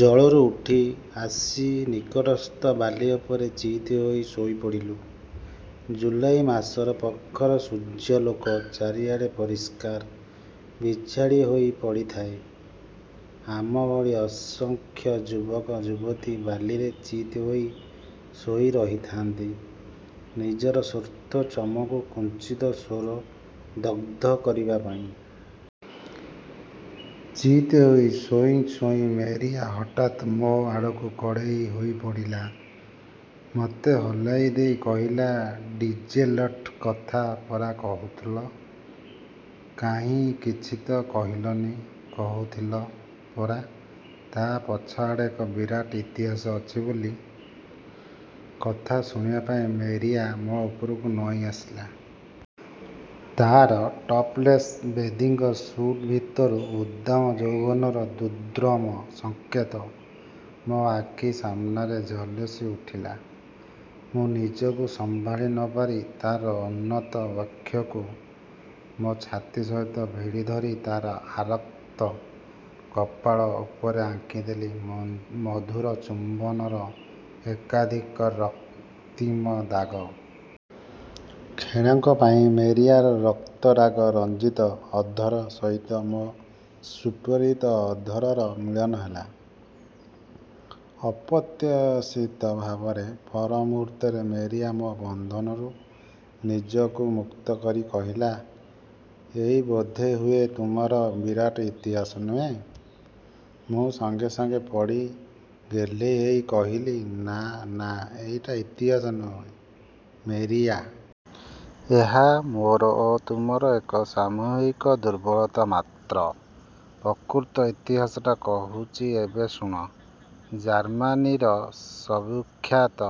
ଜଳରୁ ଉଠି ଆସିନିକଟସ୍ଥ ବାଲି ଉପରେ ଚିତହୋଇ ଶୋଇ ପଡ଼ିଲୁ। ଜୁଲାଇ ମାସର ପ୍ରଖର ସୂର୍ଯ୍ୟାଲୋକ ଚାରିଆଡ଼େ ପରିଷ୍କାର ବିଞ୍ଚାଡ଼ି ହୋଇ ପଡ଼ିଥାଏ। ଆମଭଳି ଅସଂଖ୍ୟ ଯୁବକ ଯୁବତୀ ବାଲିରେ ଚିତହୋଇ ଶୋଇ ରହିଥାନ୍ତି, ନିଜର ଶ୍ୱେତ ଚର୍ମକୁ କିଞ୍ଚିତ୍ ସୌର ଦଗ୍ଧ କରିବା ପାଇଁ। ଚିତ୍ ହୋଇ ଶୋଉଁ ଶୋଉଁ ମେରିଆ ହଠାତ୍ ମୋ ଆଡ଼କୁ କଡ଼େଇ ହୋଇପଡ଼ିଲା। ମୋତେ ହଲାଇ ଦେଇ କହିଲା, ଡିଜେଲ୍ଙ୍କ କଥା ପରା କହୁଥିଲ, କାହିଁ କିଛି ତ କହିଲନି? କହୁଥିଲ ପରା ତା ପଛଆଡ଼େ ଏକ ବିରାଟ ଇତିହାସ ଅଛି ବୋଲି? କଥା ଶୁଣିବା ପାଇଁ ମେରିଆ ମୋ ଉପରକୁ ନଇଁ ଆସିଲା। ତା'ର ଟପଲେସ୍ ବେଦିଙ୍ଗ ସୁଟ୍ ଭିତରୁ ଉଦ୍ଦାମ ଯୌବନର ଦୁର୍ଦ୍ଦମ ସଂକେତ ମୋ ଆଖି ସାମନାରେ ଝଲସି ଉଠିଲା। ମୁଁ ନିଜକୁ ସମ୍ଭାଳି ନ ପାରି ତାର ଉନ୍ନତବକ୍ଷକୁ ମୋ ଛାତି ସହିତ ଭିଢ଼ି ଧରି ତାର ଆରକ୍ତ କପୋଳ ଉପେର ଆଙ୍କିଦେଲି ମଧୁର ଚୁମ୍ବନର ଏକାଧିକ ରକ୍ତିମ ଦାଗ। କ୍ଷଣକ ପାଇଁ ମେରିଆର ରକ୍ତରାଗରଞ୍ଜିତ ଅଧର ସହିତ ମୋ ସ୍ଫୁରିତ ଅଧରର ମିଳନ ହେଲା, ଅପ୍ରତ୍ୟାଶିତ ଭାବରେ। ପର ମୁହୂର୍ତ୍ତରେ ମେରିଆ ମୋ ବନ୍ଧନରୁ ନିଜକୁ ମୁକ୍ତ କରି କହିଲା, ଏଇ ବୋଧହୁଏ, ତୁମର ବିରାଟ ଇତିହାସ, ନୁହେଁ''? ମୁଁ ସଙ୍ଗେ ସଙ୍ଗେ ପଡ଼ି ଗେହ୍ଲେଇ ହୋଇ କହିଲି, ନା ନା ଏଟା ଇତିହାସ ନୁହେଁ, ମେରିଆ। ଏହା ମୋର ଓ ତୁମର ଏକ ସାମୟିକ ଦୁର୍ବଳତା ମାତ୍ର। ପ୍ରକୃତ ଇତିହାସଟା କହୁଛି ଏବେ ଶୁଣ। ଜର୍ମ୍ମାନୀର ସୁବିଖ୍ୟାତ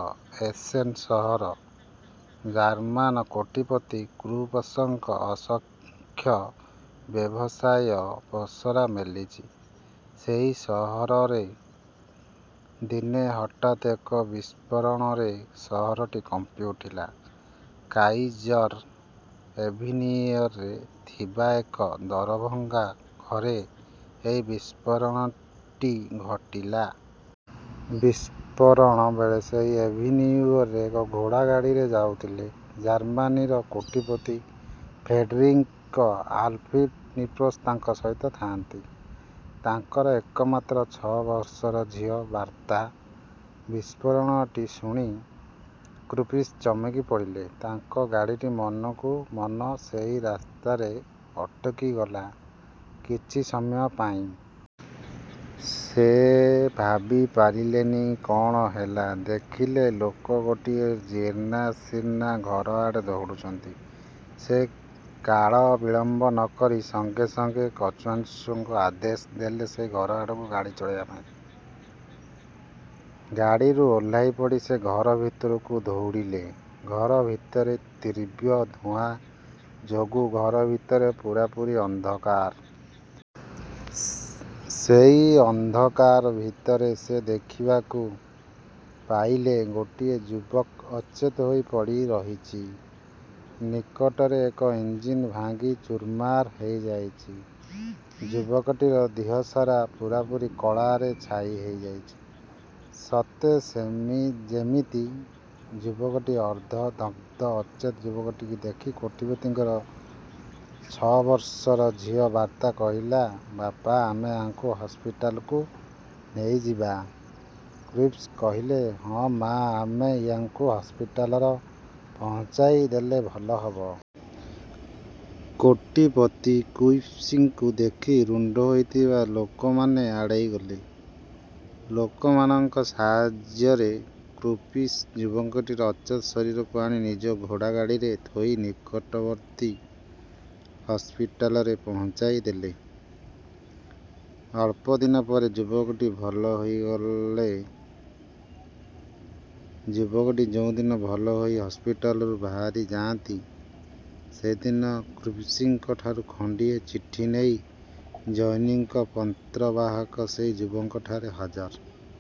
ଏସେନ୍ ସହର, ଜର୍ମ୍ମାନ୍ କୋଟିପତି କ୍ରୁପ୍ସଙ୍କ ଅସଂଖ୍ୟ ବ୍ୟବସାୟ ପସରା ମେଲିଛି ସେହି ସହରରେ। ଦିନେ ହଠାତ୍ ଏକ ବିସ୍ଫୋରଣରେ ସହରଟି କମ୍ପିଉଠିଲା। କାଇଜର ଏଭିନିଉରେ ଥିବା ଏକ ଦରଭଙ୍ଗା ଘରେ ଏହି ବିସ୍ଫୋରଣଟି ଘଟିଲା। ବିସ୍ଫୋରଣ ବେଳେ ସେହି ଏଭିନିଉରେ ଏକ ଘୋଡ଼ା ଗାଡ଼ିରେ ଯାଉଥିଲେ ଜର୍ମାନୀର କୋଟିପତି ଫେଡେରିକ ଆଲଫ୍ରେଡ୍ ନୃପସ୍, ତାଙ୍କ ସହିତ ଥାନ୍ତି, ତାଙ୍କର ଏକମାତ୍ର ଛଅ ବର୍ଷର ଝିଅ ବାର୍ଥା। ବିସ୍ଫୋରଣଟି ଶୁଣି କ୍ରୁପସ୍ ଚମକି ପଡ଼ିଲେ। ତାଙ୍କ ଗାଡ଼ିଟି ମନକୁ ମନ ସେହି ରାସ୍ତାରେ ଅଟକି ଗଲା କିଛି ସମୟ ପାଇଁ। ସେ ଭାବି ପାରିଲେନି କ'ଣ ହେଲା। ଦେଖିଲେ ଲୋକେ ଗୋଟିଏ ଜୀର୍ଣ୍ଣଶୀର୍ଣ୍ଣ ଘର ଆଡ଼େ ଦୌଡ଼ୁଛନ୍ତି। ସେ କାଳ ବିଳମ୍ବ ନ କରି ସଙ୍ଗେ ସଙ୍ଗେ କଚୁଆନ୍କୁ ଆଦେଶ ଦେଲେ ସେହି ଘର ଆଡ଼କୁ ଗାଡ଼ି ଚଳାଇବା ପାଇଁ। ଗାଡ଼ିରୁ ଓହ୍ଲାଇପଡ଼ି ସେ ଘର ଭିତରକୁ ଦୌଡ଼ିଲେ ଘର ଭିତରେ ତୀବ୍ର ଧୂଆଁ ଯୋଗୁଁ ଘର ଭିତରେ ପୁରାପୁରୀ ଅନ୍ଧକାର। ସେହି ଅନ୍ଧକାର ଭିତରେ ସେ ଦେଖିବାକୁ। ପାଇଲେ ଗୋଟିଏ ଯୁବକ ଅଚେତ୍ ହୋଇ ପଡ଼ି ରହିଛି। ନିକଟରେ ଏକ ଇଞ୍ଜିନ୍ ଭାଙ୍ଗି ଚୁରମାର ହୋଇଯାଇଛି। ଯୁବକଟିର ଦେହ ସାରା ପୂରାପୂରି କଳାରେ ଛାଇ ହୋଇଯାଇଛି, ସତେ ଯେମିତି ଯୁବକଟି ଅର୍ଦ୍ଧ ଦଗ୍ଧ। ଅଚେତ୍ ଯୁବକଟିକୁ ଦେଖି କୋଟିପତିଙ୍କର ଛଅ ବର୍ଷର ଝିଅ ବାର୍ଥା କହିଲା ବାପା ଆମେ ୟାଙ୍କୁ ହସପିଟାଲ୍କୁ ନେଇଯିବା କ୍ରୁପ୍ସ କହିଲେ, ହଁ ମା, ଆମେ ୟାଙ୍କୁ ହସପିଟାଲର ପହଞ୍ଚାଇ ଦେଲେ ଭଲ ହେବ। କୋଟିପତି କ୍ରୁପ୍ସଙ୍କୁ ଦେଖି ରୁଣ୍ଡ ହୋଇଥିବା ଲୋକମାନେ ଆଡ଼େଇ ଗଲେ। ଲୋକମାନଙ୍କ ସାହାଯ୍ୟରେ କ୍ରୁପ୍ସ ଯୁବକଟିର ଅଚେତ ଶରୀରକୁ ଆଣି ନିଜ ଘୋଡ଼ା ଗାଡ଼ିରେ ଥୋଇ ନିକଟବର୍ତ୍ତୀ ହସପିଟାଲରେ ପହଞ୍ଚାଇ ଦେଲେ। ଅଳ୍ପଦିନ ପରେ ଯୁବକଟି ଭଲ ହୋଇଗଲେ। ଯୁବକଟି ଯେଉଁ ଦିନ ଭଲ ହୋଇ ହସପିଟାଲରୁ ବାହାରି ଯାନ୍ତି, ସେଦିନ କ୍ରୁପ୍ସଙ୍କଠାରୁ ଖଣ୍ଡିଏ ଚିଠି ନେଇ ଜନୈକ ପନ୍ତ୍ରବାହକ ସେହି ଯୁବକଙ୍କ ଠାରେ ହାଜର।